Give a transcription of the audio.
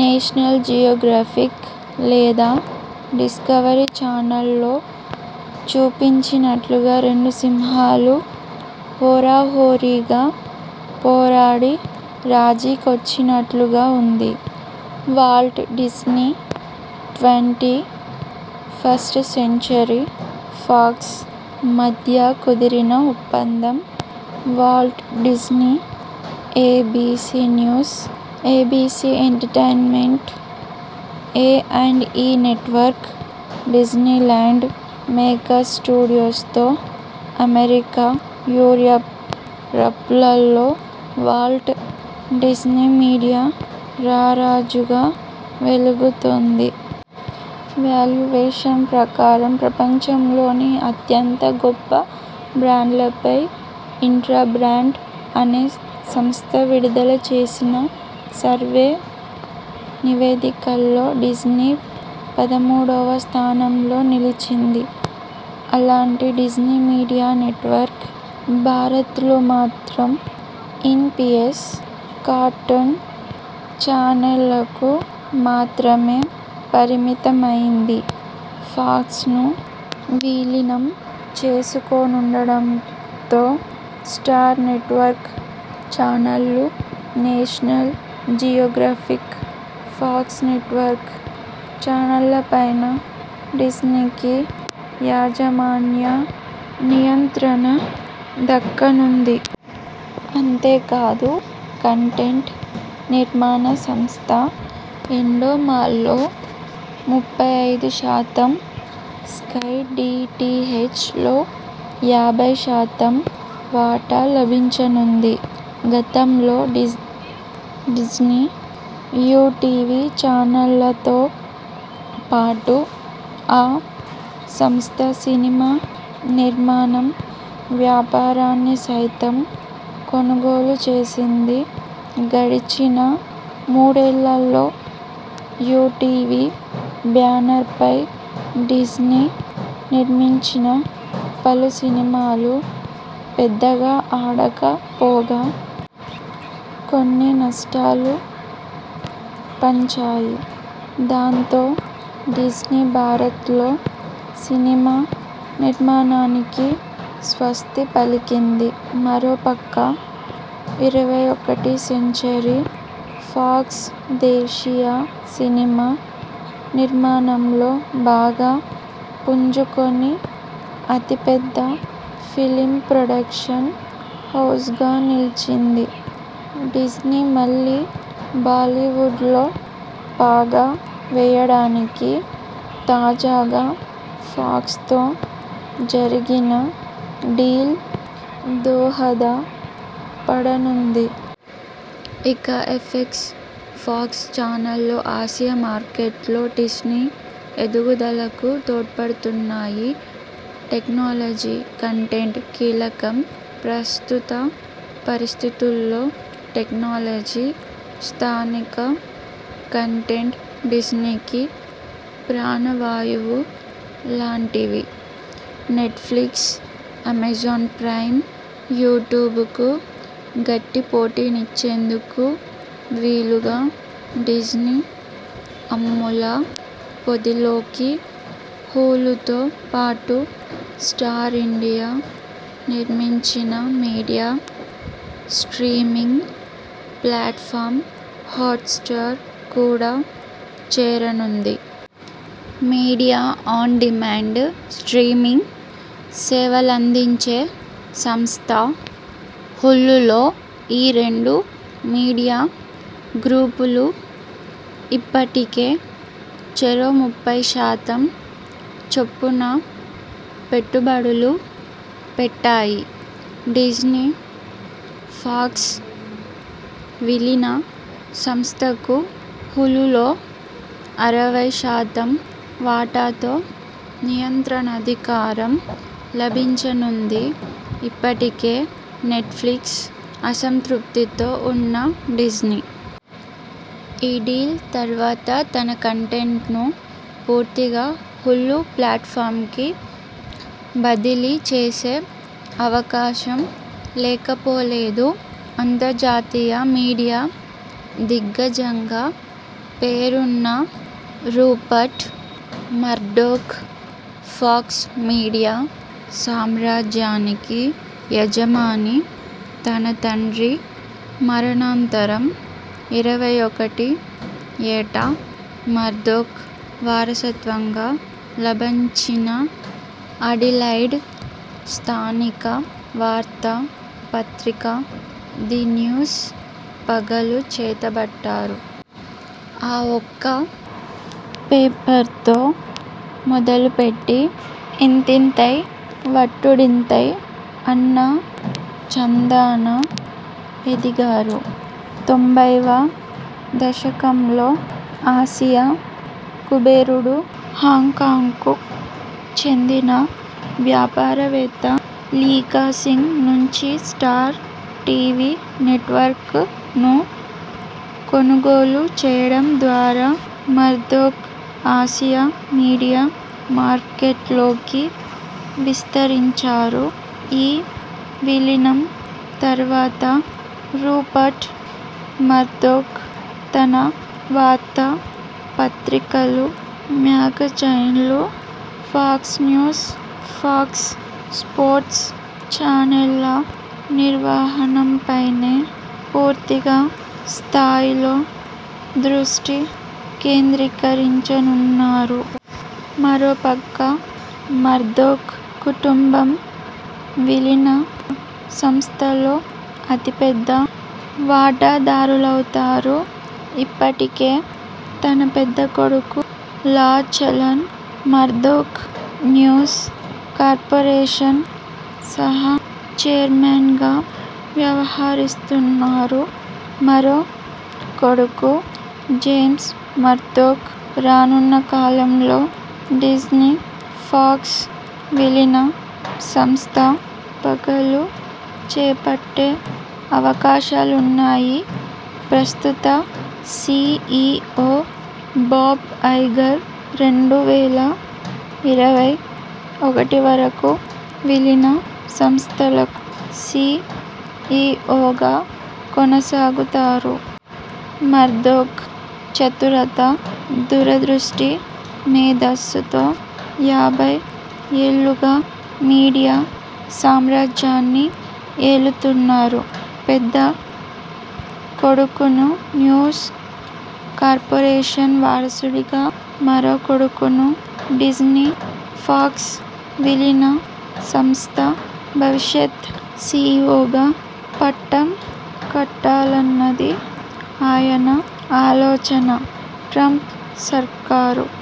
National Geographic లేదా Discovery channels లో చూపించినట్లుగా రెండు సింహాలు హోరాహోరీగా పోరాడి రాజీకొచ్చినట్లుగా ఉంది Walt Disney- twenty first Century Fox మధ్య కుదిరిన ఒప్పందం. Walt Disney, ABC News, ABC Entertainment, A and E network, Disneyland, Maker Studios తో అమెరికా, యూర్పలలో వాల్ట్ డిస్నీ మీడియా రారాజుగా వెలుగుతోంది. వేల్యువేషన్ ప్రకారం.. ప్రపంచంలోని అత్యంత గొప్ప బ్రాండ్లపై ఇంట్రా బ్రాండ్ అనే సంస్థ విడుదల చేసిన సర్వే నివేదికలో డిస్నీ పదమూడువ స్థానంలో నిలిచింది. అలాంటి డిస్నీ మీడియా నెట్వర్క్ భారత్లో మాత్రం ఈన్పిఎస్, కార్టూన్ చానెళ్లకు మాత్రమే పరిమితమైంది. ఫాక్స్ను విలీనం చేసుకోనుండటంతో స్టార్ నెట్వర్క్ చానళ్లు, నేషనల్ జియోగ్రాఫిక్, ఫాక్స్ నెట్వర్క్ చానళ్లపైనా డిస్నీకి యాజమాన్య నియంత్రణ దక్కనుంది. అంతేకాదు కంటెంట్ నిర్మాణ సంస్థ ఎండోమాల్లో ముప్పై ఐదు శాతం, స్కై డిటిహెచ్ లో యాభై శాతం వాటా లభించనుంది. గతంలో డిస్నీ.. యుటీవీ చానెళ్లతో పాటు ఆ సంస్థ సినిమా నిర్మాణ వ్యాపారాన్ని సైతం కొనుగోలుచేసింది. గడిచిన మూడేళ్లలో యుటీవీ బ్యానర్ పై డిస్నీ నిర్మించిన పలు సినిమాలు పెద్దగా ఆడకపోగా.. కొన్ని నష్టాలు పంచాయి. దాంతో డిస్నీ భారత్లో సినిమా నిర్మాణానికి స్వస్తి పలికింది. మరో పక్క ఇరవై ఒకటి సెంచరీ ఫాక్స్ దేశీయ సినిమా నిర్మాణంలో బాగా పుంజుకొని అతి పెద్ద ఫిల్మ్ ప్రొడక్షన్ హౌజ్గా నిలిచింది. డిస్నీ మళ్లీ బాలీవుడ్లో పాగా వేయడానికి తాజాగా ఫాక్స్ తో జరిగిన డీల్ దోహద పడనుంది. ఇక ఎఫ్ఎక్స్, ఫాక్స్ చానళ్లు ఆసియా మార్కెట్లో డిస్నీ ఎదుగుదలకు తోడ్పడనున్నాయి. టెక్నాలజీ కంటెంట్ కీలకం ప్రస్తుత పరిస్థితుల్లో టెక్నాలజీ, స్థానిక కంటెంట్ డిస్నీకి ప్రాణ వాయువు లాంటివి. నెట్ ఫ్లిక్స్, అమెజాన్ ప్రైమ్, యూట్యూబ్కు గట్టి పోటీనిచ్చేందుకు వీలుగా డిస్నీ అమ్ముల పొదిలోకి హులుతో పాటు స్టార్ ఇండియా నిర్మించిన వీడియో స్ట్రీమింగ్ ప్లాట్ఫాం 'హాట్స్టార్' కూడా చేరనుంది. వీడియో ఆన్ డిమాండ్, స్ట్రీమింగ్ సేవలందించే సంస్థ హులులో ఈ రెండు మీడియా గ్రూపులు ఇప్పటికే చెరో ముప్పై శాతం చొప్పున పెట్టుబడులు పెట్టాయి. డిస్నీ-ఫాక్స్ విలీన సంస్థకు హులులో అరవై శాతం వాటాతో నియంత్రణాధికారం లభించనుంది. ఇప్పటికే నెట్ ఫ్లిక్స్ అసంతృప్తితో ఉన్న డిస్నీ.. ఈ డీల్ తర్వాత తన కంటెంట్ను పూర్తిగా హులు ప్లాట్ఫాంకి బదిలీ చేసే అవకాశం లేకపోలేదు. అంతర్జాతీయ మీడియా దిగ్గజంగా పేరున్న రూపర్ట్ మర్దోక్ ఫాక్స్ మీడియా సామ్రాజ్యానికి యజమాని. తన తండ్రి మరణాంతరం ఇరవై ఒకటి ఏట మర్దోక్.. వారసత్వంగా లభించిన అడిలాయిడ్ స్థానిక వార్తా పత్రిక 'ది న్యూస్' పగ్గాలు చేతపట్టారు. ఆ ఒక్క పేపర్తో మొదలుపెట్టి ఇంతింతై వటుడింతై అన్న చందాన ఎదిగారు. తొంభైవ దశకంలో ఆసియా కుబేరుడు, హాంకాంగ్కు చెందిన వ్యాపారవేత్త లీకా సింగ్ నుంచి స్టార్ టీవీ నెట్వర్క్ ను కొనుగోలు చేయడం ద్వారా మర్దోక్ ఆసియా మీడియా మార్కెట్లోకి విస్తరించారు. ఈ విలీనం తర్వాత రూపర్ట్ మర్దోక్ తన వార్తా పత్రికలు, మ్యాగజైన్లు, ఫాక్స్ న్యూస్, ఫాక్స్ స్పోర్ట్స్ ఛానెళ్ల నిర్వహణపైనే పూర్తి స్థాయిలో దృష్టి కేంద్రీకరించనున్నారు. మరోపక్క మర్దోక్ కుటుంబం విలీన సంస్థలో అతిపెద్ద వాటాదారులవుతారు. ఇప్పటికే తన పెద్ద కొడుకు లాచలన్ మర్దోక్.. న్యూస్ కార్పొరేషన్ సహ చైర్మన్గా వ్యవహరిస్తున్నారు. మరో కొడుకు జేమ్స్ మర్దోక్ రానున్నకాలంలో డిస్నీ-ఫాక్స్ విలీన సంస్థ పగ్గాలు చేపట్టే అవకాశాలున్నాయి. ప్రస్తుత సి ఇ ఒ బాబ్ ఐగర్ రెండు వేల ఇరవై ఒకటివరకు విలీన సంస్థకు సి ఇ ఒ గా కొనసాగుతారు. మర్దోక్ చతురత, దూరదృష్టి, మేధస్సుతో యాభై ఏళ్లుగా మీడియా సామ్రాజ్యాన్ని ఏలుతున్నారు. పెద్ద కొడుకును న్యూస్ కార్పొరేషన్ వారసుడిగా, మరో కొడుకును డిస్నీ-ఫాక్స్ విలీన సంస్థ భవిష్యత్ సి ఇ ఒ గా పట్టం కట్టాలన్నది ఆయన ఆలోచన. ట్రంప్ సర్కారు